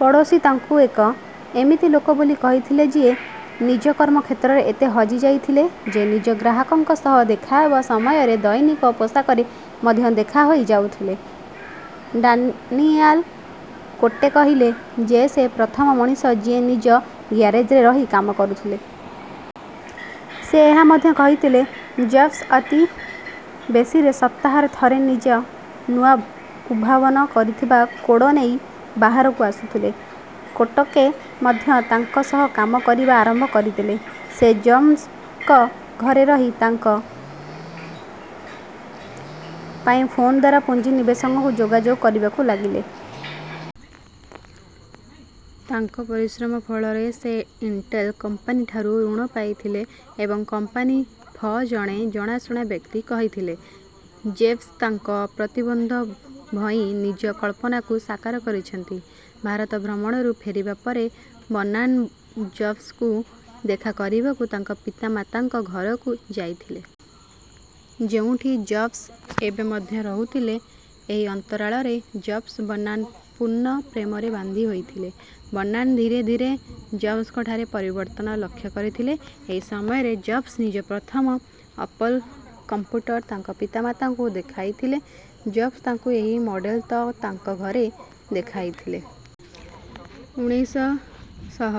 ପଡୋଶୀ ତାଙ୍କୁ ଏକ ଏମିତି ଲୋକ ବୋଲି କହିଥିଲେଯିଏ ନିଜ କର୍ମ କ୍ଷେତ୍ରରେ ଏତେ ହଜିଯାଇଥିଲେ ଯେ ନିଜ ଗ୍ରାହକଙ୍କ ସହ ଦେଖା ହେବ ସମୟରେ ଦୈନିକ ପୋଷାକରେ ମଧ୍ୟ ଦେଖା ହୋଇ ଯାଉଥିଲେ। ଡାନିଆଲ କୋଟ୍କେ କହିଲେ ଯେ ସେ ପ୍ରଥମ ମଣିଷ ଯିଏ ନିଜ ଗ୍ୟାରେଜରେ ରହି କାମ କରୁଥିଲେ। ସେ ଏହା ମଧ୍ୟ କହିଥିଲେ ଜବ୍ସ ଅତି ବେଶିରେ ସପ୍ତାହରେ ଥରେ ନିଜ ନୂଆ ଉଦ୍ଭାବନ କରିଥିବା କୋଡ ନେଇ ବାହାରକୁ ଆସୁଥିଲେ। କୋଟକେ ମଧ୍ୟ ତାଙ୍କ ସହ କାମ କରିବା ଆରମ୍ଭ କରିଦେଲେ। ସେ ଜବ୍ସଙ୍କ ଘରେ ରହି ତାଙ୍କ ପାଇଁ ଫୋନଦ୍ୱାରା ପୁଞ୍ଜିନିବେଷକଙ୍କୁ ଯୋଗାଯୋଗ କରିବାକୁ ଲାଗିଲେ। ତାଙ୍କ ପରିଶ୍ରମ ଫଳରେ ସେ ଇଣ୍ଟେଲ କମ୍ପାନୀ ଠାରୁ ଋଣ ପାଇଥିଲେ। ଏବଂ କମ୍ପାନୀ ଫ ଜଣେ ଜଣାଶୁଣା ବ୍ୟକ୍ତି କହିଥିଲେ ଯେଜବ୍ସ ତାଙ୍କ ପ୍ରତିବନ୍ଧ ଭହିଁ ନିଜ କଳ୍ପନାକୁ ସାକାର କରିଛନ୍ତି। ଭାରତ ଭ୍ରମଣରୁ ଫେରିବା ପରେ ବର୍ନାନ ଜବ୍ସଙ୍କୁ ଦେଖା କରିବାକୁ ତାଙ୍କ ମତାପିତାଙ୍କ ଘରକୁ ଯାଇଥିଲେ। ଯେଉଁଠି ଜବ୍ସ ଏବେ ମଧ୍ୟ ରହୁଥିଲେ। ଏହି ଅନ୍ତରାଳରେ ଜବ୍ସ ବର୍ନାନ ପୁନଃ ପ୍ରେମରେ ବାନ୍ଧି ହୋଇଥିଲେ। ବର୍ନାନ ଧୀରେ ଧୀରେ ଜବ୍ସଙ୍କଠାରେ ପରିବର୍ତ୍ତନ ଲକ୍ଷ କରିଥିଲେ। ଏହି ସମୟରେ ଜବ୍ସ ନିଜ ପ୍ରଥମ ଅପଲ୍ କଂପୁଟର ତାଙ୍କ ପିତା ମାତାଙ୍କୁ ଦେଖାଇଥିଲେ। ଜବ୍ସ ତାଙ୍କୁ ଏହି ମଡେଲ ତ ତାଙ୍କ ଘରେ ଦେଖାଇଥିଲେ। ଉଣେଇଶ ଶହ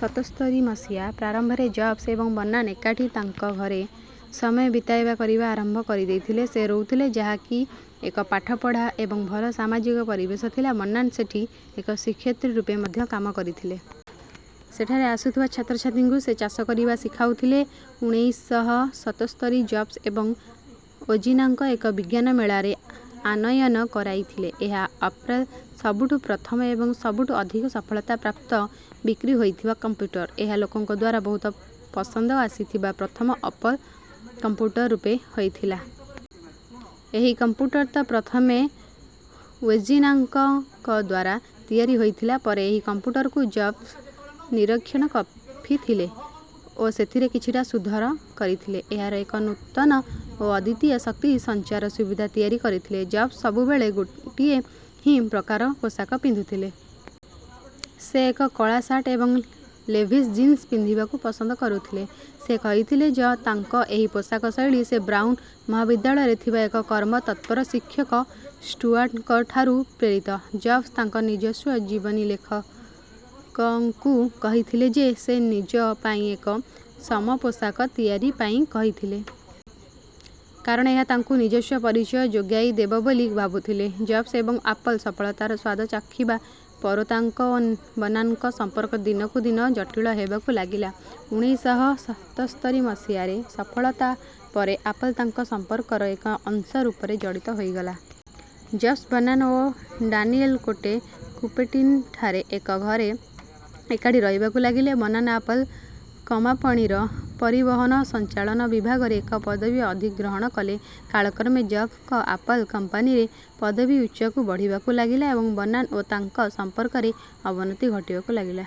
ସତସ୍ତରୀରେ ମସିହା ପ୍ରାରମ୍ଭରେ ଜବ୍ସ ଏବଂ ବର୍ନାନ ଏକାଠି ତାଙ ଘରେ ସମୟ ବିତାଇବା କରିବା ଆରମ୍ଭ କରିଦେଇଥିଲେ। ସେ ରହୁଥିଲେ ଯାହା କି ଏକ ପାଠପଢ଼ା ଏବଂ ଭଲ ସାମାଜିକ ପରିବେଶ ଥିଲା। ବର୍ନାନ ସେଠୀ ଏକ ଶିକ୍ଷୟତ୍ରୀ ରୂପେ ମଧ୍ୟ କାମ କରିଥିଲେ। ସେଠାରେ ଆସୁଥିବା ଛାତ୍ରଛାତ୍ରୀଙ୍କୁ ସେ ଚାଷ କରିବା ଶିଖାଉଥିଲେ। ଉଣେଇଶ ଶହ ସତସ୍ତରୀରେ ଜବ୍ସ ଏବଂ ୱଜିନାକ ଏକ ବିଜ୍ଞାନମେଳାରେ ଆନୟନ କରାଇଥିଲେ। ଏହା ଆପଲ୍ର ସବୁଠୁ ପ୍ରଥମ ଏବଂ ସବୁଠୁ ଅଧିକ ସଫଳତା ପ୍ରାପ୍ତ ବିକ୍ରି ହୋଇଥିବା କମ୍ପୁଟର । ଏହା ଲୋକଙ୍କଦ୍ୱାରା ବହୁତ ପସନ୍ଦ ଆସିଥିବା ପ୍ରଥମ ଅପଲ୍ କମ୍ପୁଟର ରୂପେ ହୋଇଥିଲା। ଏହି କମ୍ପୁଟର ତ ପ୍ରଥମେ ୱଜିନାଙ୍କଙ୍କଦ୍ୱାରା ତିଆରି ହୋଇଥିଲା। ପରେ ଏହି କମ୍ପୁଟରକୁ ଜବ୍ସ ନିରୀକ୍ଷଣ କଫିଥିଲେ ଓ ସେଥିରେ କିଛିଟା ସୁଧର କରିଥିଲେ। ଏହାର ଏକ ନୂତନ ଓ ଅଦ୍ୟିତୀୟ ଶକ୍ତି ସଂଚାର ସୁବିଧା ତିଆରି କରିଥିଲେ ଜବ୍ସ ସବୁ ବେଳେ ଗୋଟିଏ ହିଁ ପ୍ରକାର ପୋଷାକ ପିନ୍ଧୁଥିଲେ। ସେ ଏକ କଳା ସାର୍ଟ ଏବଂ ଲେଭିସ ଜିନ୍ସ ପିନ୍ଧିବାକୁ ପସନ୍ଦ କରୁଥଲେ। ସେ କହିଥିଲେ ଯ୍ ତାଙ୍କ ଏହି ପୋଷାକ ଶୈଳୀ ସେ ବ୍ରାଉନ ମହାବିଦ୍ୟାଳୟରେ ଥିବା ଏକ କର୍ମ ତତ୍ପର ଶିକ୍ଷକ ଷ୍ଟୁଆର୍ଟଙ୍କ ଠାରୁ ପ୍ରେରିିତ। ଜବ୍ସ ତାଙ୍କ ନିଜସ୍ୱ ଜୀବନୀଲେଖକଙ୍କୁ କହିଥିଲେ ଯେ ସେ ନିଜ ପାଇଁ ଏକ ସମପୋଷାକ ତିଆରି ପାଇଁ କହିଥିଲେ। କାରଣ ଏହା ତାଙ୍କୁ ନିଜସ୍ୱ ପରିଚୟ ଯୋଗାଇ ଦେବ ବୋଲି ଭାବୁଥିଲେ। ଜବ୍ସ ଏବଂ ଆପଲ୍ ସଫଳତାର ସ୍ୱାଦ ଚାଖିବା ପରେତାଙ୍କ ଓ ବର୍ନାନଙ୍କ ସମ୍ପର୍କ ଦିନକୁ ଦିନ ଜଟିଳ ହେବକୁ ଲାଗିଲା। ଉଣେଇଶ ଶହ ସତସ୍ତରୀ ମସିହାରେ ସଫଳତା ପରେ ଆପଲ୍ ତାଙ୍କ ସମ୍ପର୍କର ଏକ ଅଂଶ ରୂପରେ ଜଡ଼ିତ ହୋଇ ଗଲା। ଜବ୍ସବର୍ନାନ ଓ ଡାନିଏଲ କୋଟ୍କେ କୁପେର୍ଟିନଠାରେ ଏକ ଘରେ ଏକାଠି ରହିବାକୁ ଲାଗିଲେ। ବର୍ନାନ ଆପଲ୍ କମାପଣିର ପରିବହନ ସଂଚାଳନ ବିଭାଗରେ ଏକ ପଦବୀ ଅଧିଗ୍ରହଣ କଲେ। କାଳ କ୍ରମେ ଜବ୍ସଙ୍କ ଆପଲ୍ କମ୍ପାନୀରେ ପଦବୀ ଉଚ୍ଚକୁ ବଢ଼ିବାକୁ ଲାଗିଲା ଏବଂ ବର୍ନାନ ଓ ତାଙ୍କ ସମ୍ପର୍କରେ ଅବନତି ଘଟିବାକୁ ଲାଗିଲା।